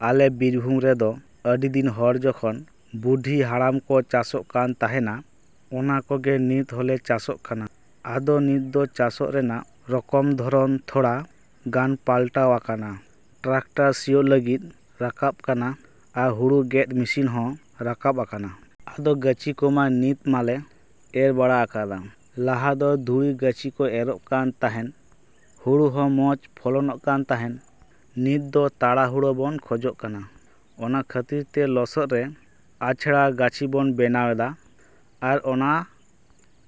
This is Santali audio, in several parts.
ᱟᱞᱮ ᱵᱤᱨᱵᱷᱩᱢ ᱨᱮᱫᱚ ᱟᱹᱰᱤ ᱫᱤᱱ ᱦᱚᱲ ᱡᱚᱠᱷᱚᱱ ᱵᱩᱰᱷᱤ ᱦᱟᱲᱟᱢ ᱠᱚ ᱪᱟᱥᱚᱜ ᱠᱟᱱ ᱛᱟᱦᱮᱸᱱᱟ, ᱚᱱᱠᱟ ᱜᱮ ᱱᱤᱛ ᱦᱚᱸᱞᱮ ᱪᱟᱥᱚᱜ ᱠᱟᱱᱟ᱾ ᱟᱫᱚ ᱱᱤᱛ ᱫᱚ ᱪᱟᱥᱚᱜ ᱨᱮᱱᱟᱜ ᱨᱚᱠᱚᱢ ᱫᱷᱚᱨᱚᱱ ᱛᱷᱚᱲᱟ ᱜᱟᱱ ᱯᱟᱞᱴᱟᱣ ᱟᱠᱟᱱᱟ᱾ ᱴᱨᱟᱠᱴᱟᱨ ᱥᱤᱭᱳᱜ ᱞᱟᱹᱜᱤᱫ ᱨᱟᱠᱟᱵ ᱠᱟᱱᱟ ᱟᱨ ᱦᱩᱲᱩ ᱜᱮᱫ ᱢᱮᱥᱤᱱ ᱦᱚᱸ ᱨᱟᱠᱟᱵ ᱟᱠᱟᱱᱟ᱾ ᱟᱫᱚ, ᱜᱟᱹᱪᱷᱤ ᱠᱚᱢᱟ ᱱᱤᱛ ᱢᱟᱞᱮ ᱮᱨ ᱵᱟᱲᱟ ᱟᱠᱟᱫ᱾ ᱞᱟᱦᱟ ᱫᱚ ᱫᱷᱩᱲᱤ ᱜᱟᱹᱪᱷᱤ ᱠᱚ ᱮᱨᱚᱜ ᱠᱟᱱ ᱛᱟᱦᱮᱸᱱ ᱦᱩᱲᱩ ᱦᱚᱸ ᱢᱚᱸᱡᱽ ᱯᱷᱚᱞᱚᱱᱚᱜ ᱠᱟᱱ ᱛᱟᱦᱮᱸᱱ᱾ ᱱᱤᱛ ᱫᱚ ᱛᱟᱲᱟᱦᱩᱲᱟᱹ ᱵᱚᱱ ᱠᱷᱚᱡᱽ ᱠᱟᱱᱟ, ᱚᱱᱟ ᱠᱷᱟᱹᱛᱤᱨ ᱛᱮ ᱞᱚᱥᱚᱫ ᱨᱮ ᱟᱪᱷᱲᱟ ᱜᱟᱹᱪᱷᱤ ᱵᱚᱱ ᱵᱮᱱᱟᱣᱫᱟ ᱟᱨ ᱚᱱᱟ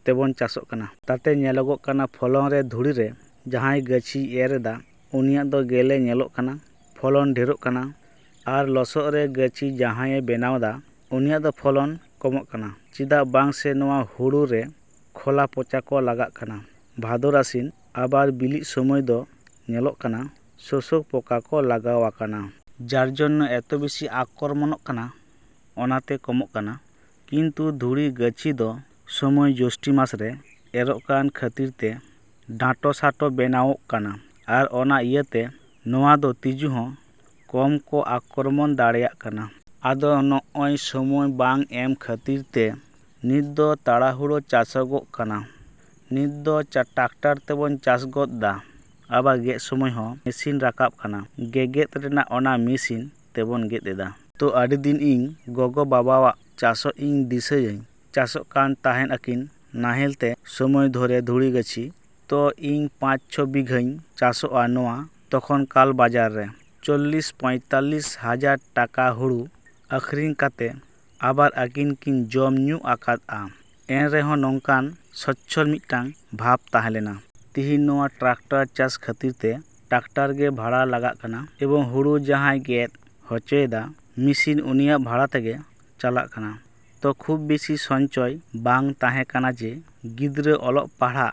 ᱛᱮᱵᱚᱱ ᱪᱟᱥᱚᱜ ᱠᱟᱱᱟ᱾ ᱛᱟᱛᱮ ᱧᱮᱞᱚᱜᱚᱜ ᱠᱟᱱᱟ ᱯᱷᱚᱞᱚᱱ ᱨᱮ ᱫᱷᱩᱲᱤ ᱨᱮ ᱡᱟᱦᱟᱸᱭ ᱜᱟᱹᱪᱷᱤᱭ ᱮᱨᱫᱟ ᱩᱱᱤᱭᱟᱜ ᱫᱚ ᱜᱮᱞᱮ ᱡᱮᱞᱮᱧᱚᱜ ᱠᱟᱱᱟ, ᱯᱷᱚᱞᱚᱱ ᱰᱷᱮᱨᱚᱜ ᱠᱟᱱᱟ᱾ ᱟᱨ ᱞᱚᱥᱚᱫ ᱨᱮ ᱜᱟᱹᱪᱷᱤ ᱡᱟᱦᱟᱸᱭᱮ ᱵᱮᱱᱟᱣᱫᱟ ᱩᱱᱤᱭᱟᱜ ᱫᱚ ᱯᱷᱚᱞᱚᱱ ᱠᱚᱢᱚᱜᱚᱜ ᱠᱟᱱᱟ᱾ ᱪᱮᱫᱟᱜ ᱵᱟᱝᱥᱮ ᱱᱚᱣᱟ ᱦᱩᱲᱩ ᱨᱮ ᱠᱷᱚᱞᱟ ᱯᱚᱪᱟ ᱠᱚ ᱞᱟᱜᱟᱜ ᱠᱟᱱᱟ ᱵᱷᱟᱫᱚᱨ ᱟᱥᱤᱱ, ᱟᱵᱟᱨ ᱵᱤᱞᱤᱜ ᱥᱚᱢᱚᱭ ᱫᱚ ᱧᱮᱞᱚᱜ ᱠᱟᱱᱟ ᱥᱳᱥᱳᱠ ᱯᱚᱠᱟ ᱠᱚ ᱞᱟᱜᱟᱣ ᱟᱠᱟᱱᱟ᱾ ᱡᱟᱨ ᱡᱚᱱᱱᱚ ᱮᱛᱚᱵᱮᱹᱥᱤ ᱟᱠᱨᱚᱢᱚᱱᱚᱜ ᱠᱟᱱᱟ᱾ ᱚᱱᱟ ᱛᱮ ᱠᱚᱢᱚᱜ ᱠᱟᱱᱟ᱾ ᱠᱤᱱᱛᱩ ᱫᱷᱩᱲᱤ ᱜᱟᱹᱪᱷᱤ ᱫᱚ ᱥᱚᱢᱚᱭ ᱡᱳᱥᱴᱷᱤ ᱢᱟᱥ ᱨᱮ ᱮᱨᱚᱜᱚᱜ ᱠᱟᱱ ᱠᱷᱟᱹᱛᱤᱨ ᱛᱮ ᱰᱟᱸᱴᱚᱥᱟᱴᱚ ᱵᱮᱱᱟᱣᱚᱜ ᱠᱟᱱᱟ ᱟᱨ ᱚᱱᱟ ᱤᱭᱟᱹᱛᱮ ᱱᱚᱣᱟ ᱫᱚ ᱛᱤᱡᱩ ᱦᱚᱸ ᱠᱚᱢ ᱠᱚ ᱟᱠᱨᱚᱢᱚᱱ ᱫᱟᱲᱮᱭᱟᱜ ᱠᱟᱱᱟ᱾ ᱟᱫᱚ ᱱᱚᱜᱼᱚᱭ ᱥᱚᱢᱚᱭ ᱵᱟᱝ ᱮᱢ ᱠᱷᱟᱹᱛᱤᱨ ᱛᱮ ᱱᱤᱛ ᱫᱚ ᱛᱟᱲᱟᱦᱩᱲᱟ ᱪᱟᱥᱚᱜᱚᱜ ᱠᱟᱱᱟ᱾ ᱱᱤᱛ ᱫᱚ ᱴᱨᱟᱠᱴᱚᱨ ᱛᱮᱵᱚᱱ ᱪᱟᱥ ᱜᱚᱫ ᱮᱫᱟ᱾ ᱟᱵᱟᱨ ᱜᱮᱫ ᱥᱚᱢᱚᱭ ᱦᱚᱸ ᱢᱮᱹᱥᱤᱱ ᱨᱟᱠᱟᱵ ᱠᱟᱱᱟ ᱜᱮᱜᱮᱫ ᱨᱮᱭᱟᱜ, ᱚᱱᱟ ᱢᱮᱹᱥᱤᱱ ᱛᱮᱵᱚᱱ ᱜᱮᱫ ᱮᱫᱟ᱾ ᱛᱚ, ᱟᱹᱰᱤ ᱫᱤᱱ ᱤᱧ ᱜᱚᱜᱚᱼᱵᱟᱵᱟᱣᱟᱜ ᱪᱟᱥᱚᱜ ᱤᱧ ᱫᱤᱥᱟᱹᱭᱟᱹᱧ᱾ ᱪᱟᱥᱚᱜ ᱠᱟᱱ ᱛᱟᱦᱮᱸᱱᱟᱠᱤᱱ ᱱᱟᱦᱮᱞ ᱛᱮ ᱥᱚᱢᱚᱭ ᱫᱷᱚᱨᱮ ᱫᱷᱩᱲᱤ ᱜᱟᱹᱪᱷᱤ᱾ ᱛᱚ, ᱤᱧ ᱯᱟᱸᱪ, ᱪᱷᱚ ᱵᱤᱜᱷᱟᱹᱧ ᱪᱟᱥᱚᱜᱚᱜᱼᱟ ᱱᱚᱣᱟ ᱛᱚᱠᱷᱚᱱᱠᱟᱞ ᱵᱟᱡᱟᱨ ᱨᱮ ᱪᱚᱞᱞᱤᱥ ᱯᱚᱸᱭᱛᱟᱞᱞᱤᱥ ᱦᱟᱡᱟᱨ ᱴᱟᱠᱟ ᱦᱩᱲᱩ ᱟᱠᱷᱨᱤᱧ ᱠᱟᱛᱮ ᱟᱵᱟᱨ ᱟᱹᱠᱤᱱ ᱠᱤᱱ ᱡᱚᱢᱼᱧᱩ ᱟᱠᱟᱫᱼᱟ, ᱮᱱ ᱨᱮᱦᱚᱸ ᱱᱚᱝᱠᱟᱱ ᱥᱚᱪᱪᱷᱚᱞ ᱢᱤᱫᱴᱟᱝ ᱵᱷᱟᱵᱽ ᱛᱟᱦᱮᱸᱞᱮᱱᱟ᱾ ᱛᱤᱦᱤᱧ ᱱᱚᱣᱟ ᱴᱨᱟᱠᱴᱟᱨ ᱪᱟᱥ ᱠᱷᱟᱹᱛᱤᱨ ᱛᱮ ᱴᱨᱟᱠᱴᱟᱨ ᱜᱮ ᱵᱷᱟᱲᱟ ᱞᱟᱜᱟᱜ ᱠᱟᱱᱟ ᱮᱵᱚᱝ ᱦᱩᱲᱩ ᱡᱟᱦᱟᱸᱭ ᱜᱮᱫ ᱦᱚᱪᱚᱭᱮᱫᱟ ᱢᱮᱹᱥᱤᱱ ᱩᱱᱤᱭᱟᱜ ᱵᱷᱟᱲᱟ ᱛᱮᱜᱮ ᱪᱟᱞᱟᱜ ᱠᱟᱱᱟ᱾ ᱛᱚ, ᱠᱷᱩᱵᱽ ᱵᱮᱥᱤ ᱥᱚᱧᱪᱚᱭ ᱵᱟᱝ ᱛᱟᱦᱮᱸ ᱠᱟᱱᱟ ᱡᱮ, ᱜᱤᱫᱽᱨᱟᱹ ᱚᱞᱚᱜ ᱯᱟᱲᱦᱟᱜ,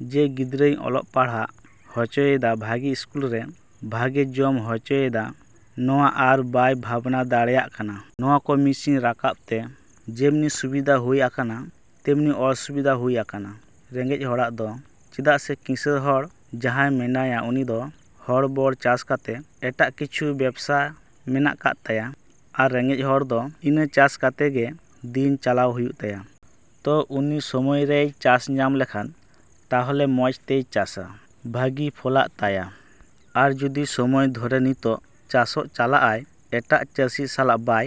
ᱡᱮ ᱜᱤᱫᱽᱨᱟᱹᱧ ᱚᱞᱚᱜ ᱯᱟᱲᱦᱟᱜ ᱦᱚᱪᱚᱭᱮᱭᱟ ᱵᱷᱟᱹᱜᱮ ᱤᱥᱠᱩᱞ ᱨᱮ, ᱵᱷᱟᱹᱜᱮ ᱡᱚᱢ ᱦᱚᱪᱚᱭᱮᱭᱟ ᱱᱚᱣᱟ ᱟᱨ ᱵᱟᱭ ᱵᱷᱟᱵᱽᱱᱟ ᱫᱟᱲᱮᱭᱟᱜ ᱠᱟᱱᱟ᱾ ᱱᱚᱣᱟ ᱠᱚ ᱢᱮᱹᱥᱤᱱ ᱨᱟᱠᱟᱵ ᱛᱮ ᱡᱮᱢᱱᱤ ᱥᱩᱵᱤᱫᱷᱟ ᱦᱩᱭ ᱟᱠᱟᱱᱟ ᱛᱮᱢᱱᱤ ᱚᱥᱩᱵᱤᱫᱷᱟ ᱦᱩᱭ ᱟᱠᱟᱱᱟ ᱨᱮᱸᱜᱮᱡ ᱦᱚᱲᱟᱜ ᱫᱚ᱾ ᱪᱮᱫᱟᱜ ᱥᱮ ᱠᱤᱸᱥᱟᱬ ᱦᱚᱲ ᱡᱟᱦᱟᱸᱭ ᱢᱮᱱᱟᱭ ᱩᱱᱤ ᱫᱚ ᱦᱚᱲᱵᱚᱲ ᱪᱟᱥ ᱠᱟᱛᱮ, ᱮᱴᱟᱜ ᱠᱤᱪᱷᱩ ᱵᱮᱵᱽᱥᱟ ᱢᱮᱱᱟᱜ ᱠᱟᱫ ᱛᱟᱭᱟ ᱟᱨ ᱨᱮᱸᱜᱮᱡ ᱦᱚᱲ ᱫᱚ ᱤᱱᱟᱹ ᱪᱟᱥ ᱠᱟᱛᱮ ᱜᱮ ᱫᱤᱱ ᱪᱟᱞᱟᱣ ᱦᱩᱭᱩᱜ ᱛᱟᱭᱟ᱾ ᱛᱚ ᱩᱱᱤ ᱥᱚᱢᱚᱭ ᱨᱮᱭ ᱪᱟᱥ ᱧᱟᱢ ᱞᱮᱠᱷᱟᱱ ᱛᱟᱦᱞᱮ ᱢᱚᱸᱡᱽ ᱛᱮᱭ ᱪᱟᱥᱟ᱾ ᱵᱷᱟᱹᱜᱤ ᱯᱷᱚᱞᱟᱜ ᱛᱟᱭᱟ᱾ ᱟᱨ ᱡᱩᱫᱤ ᱥᱚᱢᱚᱭ ᱫᱷᱚᱨᱮ ᱱᱤᱛᱳᱜ ᱪᱟᱥᱚᱜ ᱪᱟᱞᱟᱜ ᱟᱭ ᱮᱴᱟᱜ ᱪᱟᱥᱤ ᱥᱟᱞᱟᱜ ᱵᱟᱭᱼᱼ